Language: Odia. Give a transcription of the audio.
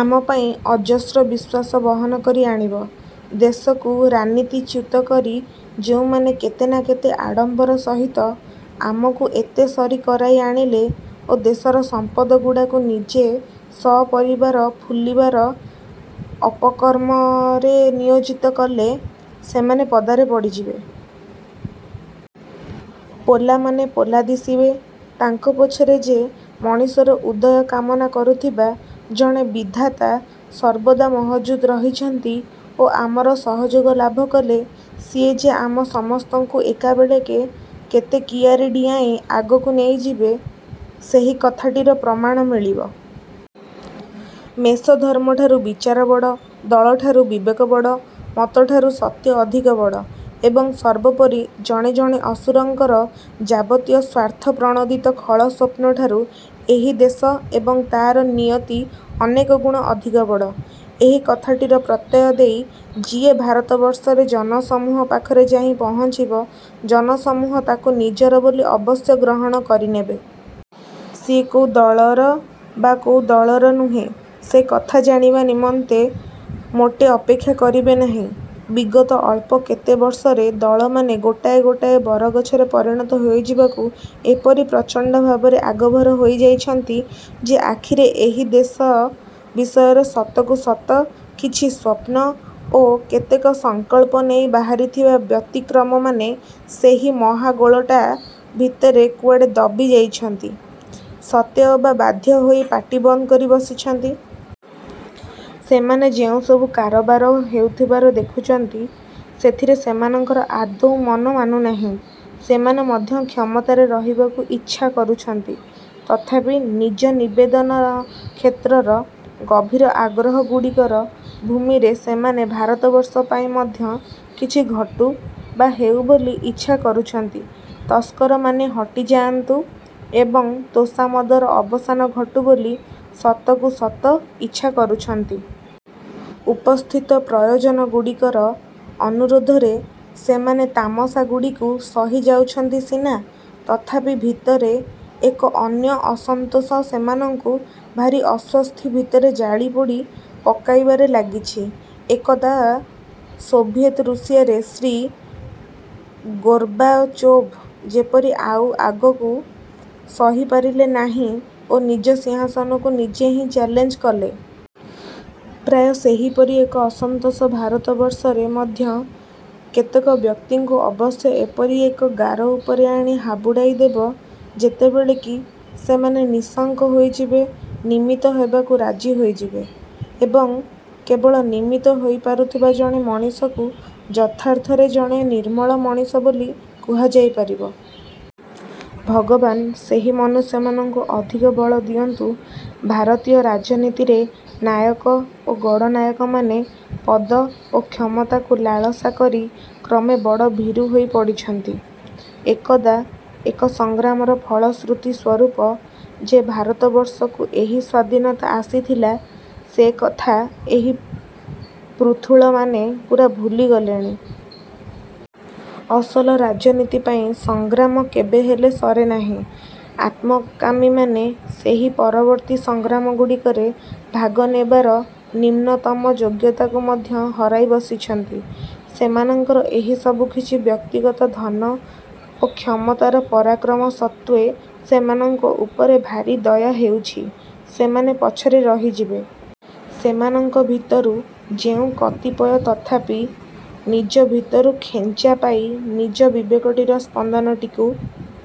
ଆମ ପାଇଁ ଅଯସ୍ର ବିଶ୍ୱାସ ବହନ କରି ଆଣିବ। ଦେଶକୁ ରାନୀତିଚ୍ୟୁତ କରି ଯେଉଁମାନେ କେତେ ନା କେତେ ଆଡ଼ମ୍ବର ସହିତ ଆମକୁ ଏତେ ସରି କରାଇ ଆଣିଲେ ଓ ଦେଶର ସମ୍ପଦଗୁଡ଼ାକୁ ନିଜେ ସପରିବାର ଫୁଲିବାର ଅପକର୍ମରେ ନିୟୋଜିତ କଲେ ସେମାନେ ପଦାରେ ପଡ଼ିଯିବେ। ପୋଲାମାନେ ପୋଲା ଦିଶିବେ। ତାଙ୍କ ପଛରେ ଯେ ମଣିଷର ଉଦୟ କାମନା କରୁଥିବା ଜଣେ ବିଧାତା ସର୍ବଦା ମହଜୁଦ ରହିଛନ୍ତି ଓ ଆମର ସହଯୋଗ ଲାଭ କଲେ ସିଏ ଯେ ଆମ ସମସ୍ତଙ୍କୁ ଏକାବେଳେକେ କେତେ କିଆରୀ ଡ଼ିଆଁଇ ଆଗକୁ ନେଇଯିବେ ସେହି କଥାଟିର ପ୍ରମାଣ ମିଳିବ। ମେଷଧର୍ମ ଠାରୁ ବିଚାର ବଡ଼, ଦଳ ଠାରୁ ବିବେକ ବଡ଼, ମତ ଠାରୁ ସତ୍ୟ ଅଧିକ ବଡ଼ ଏବଂ ସର୍ବୋପରି ଜଣେ ଜଣେ ଅସୁରଙ୍କର ଯାବତୀୟ ସ୍ୱାର୍ଥପ୍ରଣୋଦିତ ଖଳସ୍ୱପ୍ନ ଠାରୁ ଏହି ଦେଶ ଏବଂ ତାର ନିୟତି ଅନେକଗୁଣ ଅଧିକ ବଡ଼, ଏହି କଥାଟିର ପ୍ରତ୍ୟୟ ଦେଇ ଯିଏ ଭାରତବର୍ଷରେ ଜନସମୂହ ପାଖରେ ଯାଇ ପହଞ୍ଚିବ, ଜନସମୂହ ତାକୁ ନିଜର ବୋଲି ଅବଶ୍ୟ ଗ୍ରହଣ କରିନେବେ। ସିଏ କୋଉ ଦଳର ବା କୋଉ ଦଳର ନୁହେଁ ସେ କଥା ଜାଣିବା ନିମନ୍ତେ ମୋଟେ ଅପେକ୍ଷା କରିବେ ନାହିଁ। ବିଗତ ଅଳ୍ପ କେତେ ବର୍ଷରେ ଦଳମାନେ ଗୋଟାଏ ଗୋଟାଏ ବରଗଛରେ ପରିଣତ ହୋଇଯିବାକୁ ଏପରି ପ୍ରଚଣ୍ଡ ଭାବରେ ଆଗଭର ହୋଇଯାଇଛନ୍ତି ଯେ ଆଖିରେ ଏହି ଦେଶ ବିଷୟରେ ସତକୁ ସତ କିଛି ସ୍ୱପ୍ନ ଓ କେତେକ ସଂକଳ୍ପ ନେଇ ବାହାରିଥିବା ବ୍ୟତିକ୍ରମମାନେ ସେହି ମହାଗୋଳଟା ଭିତରେ କୁଆଡ଼େ ଦବି ଯାଇଛନ୍ତି, ସତେଅବା ବାଧ୍ୟ ହୋଇ ପାଟି ବନ୍ଦ କରି ବସିଛନ୍ତି। ସେମାନେ ଯେଉଁସବୁ କାରବାର ହେଉଥିବାର ଦେଖୁଛନ୍ତି, ସେଥିରେ ସେମାନଙ୍କର ଆଦୌ ମନ ମାନୁନାହିଁ। ସେମାନେ ମଧ୍ୟ କ୍ଷମତାରେ ରହିବାକୁ ଇଚ୍ଛା କରୁଛନ୍ତି ତଥାପି ନିଜ ନିବେଦନ କ୍ଷେତ୍ରର ଗଭୀର ଆଗ୍ରହଗୁଡ଼ିକର ଭୂମିରେ ସେମାନେ ଭାରତବର୍ଷ ପାଇଁ ମଧ୍ୟ କିଛି ଘଟୁ ବା ହେଉ ବୋଲି ଇଚ୍ଛା କରୁଛନ୍ତି, ତସ୍କରମାନେ ହଟିଯାଆନ୍ତୁ ଏବଂ ତୋଷାମଦର ଅବସାନ ଘଟୁ ବୋଲି ସତକୁ ସତ ଇଚ୍ଛା କରୁଛନ୍ତି। ଉପସ୍ଥିତ ପ୍ରୟୋଜନଗୁଡ଼ିକର ଅନୁରୋଧରେ ସେମାନେ ତାମସାଗୁଡ଼ିକୁ ସହି ଯାଉଛନ୍ତି ସିନା ତଥାପି ଭିତରେ ଏକ ଅନ୍ୟ ଅସନ୍ତୋଷ ସେମାନଙ୍କୁ ଭାରି ଅଶ୍ୱସ୍ତି ଭିତରେ ଜାଳି ପୋଡ଼ି ପକାଇବାରେ ଲାଗିଛି। ଏକଦା ସୋଭିଏତ୍ ଋଷିଆରେ ଶ୍ରୀ ଗୋର୍ବାଚୋଭ୍ ଯେପରି ଆଉ ଆଗକୁ ସହି ପାରିଲେ ନାହିଁ ଓ ନିଜ ସିଂହାସନକୁ ନିଜେ ହିଁ ଚ୍ୟାଲେଞ୍ଜ କଲେ। ପ୍ରାୟ ସେହିପରି ଏକ ଅସନ୍ତୋଷ ଭାରତବର୍ଷରେ ମଧ୍ୟ କେତେକ ବ୍ୟକ୍ତିଙ୍କୁ ଅବଶ୍ୟ ଏପରି ଏକ ଗାର ଉପରେ ଆଣି ହାବୁଡ଼ାଇ ଦେବ, ଯେତେବେଳେ କି ସେମାନେ ନିଃଶଙ୍କ ହୋଇଯିବେ, ନିମିତ୍ତ ହେବାକୁ ରାଜି ହୋଇଯିବେ। ଏବଂ କେବଳ ନିମିତ୍ତ ହୋଇପାରୁଥିବା ଜଣେ ମଣିଷକୁ ଯଥାର୍ଥରେ ଜଣେ ନିର୍ମଳ ମଣିଷ ବୋଲି କୁହାଯାଇ ପାରିବ। ଭଗବାନ ସେହି ମନୁଷ୍ୟମାନଙ୍କୁ ଅଧିକ ବଳ ଦିଅନ୍ତୁ। ଭାରତୀୟ ରାଜନୀତିରେ ନାୟକ ଓ ଗଡ଼ନାୟକମାନେ ପଦ ଓ କ୍ଷମତାକୁ ଲାଳସା କରି କ୍ରମେ ବଡ଼ ଭୀରୁ ହୋଇ ପଡ଼ିଛନ୍ତି। ଏକଦା ଏକ ସଂଗ୍ରାମର ଫଳଶ୍ରୁତି ସ୍ୱରୂପ ଯେ ଭାରତବର୍ଷକୁ ଏହି ସ୍ଵାଧୀନତା ଆସିଥିଲା ସେ କଥା ଏହି ପୃଥୁଳମାନେ ପୂରା ଭୁଲିଗଲେଣି। ଅସଲ ରାଜନୀତି ପାଇଁ ସଂଗ୍ରାମ କେବେହେଲେ ସରେନାହିଁ। ଆତ୍ମକାମୀମାନେ ସେହି ପରବର୍ତ୍ତୀ ସଂଗ୍ରାମଗୁଡ଼ିକରେ ଭାଗ ନେବାର ନିମ୍ନତମ ଯୋଗ୍ୟତାକୁ ମଧ୍ୟ ହରାଇ ବସିଛନ୍ତି। ସେମାନଙ୍କର ଏହି ସବୁକିଛି ବ୍ୟକ୍ତିଗତ ଧନ ଓ କ୍ଷମତାର ପରାକ୍ରମ ସତ୍ତ୍ୱେ ସେମାନଙ୍କ ଉପରେ ଭାରି ଦୟା ହେଉଛି। ସେମାନେ ପଛରେ ରହିଯିବେ। ସେମାନଙ୍କ ଭିତରୁ ଯେଉଁ କତିପୟ ତଥାପି ନିଜ ଭିତରୁ ଖେଞ୍ଚା ପାଇ ନିଜ ବିବେକଟିର ସ୍ପନ୍ଦନଟିକୁ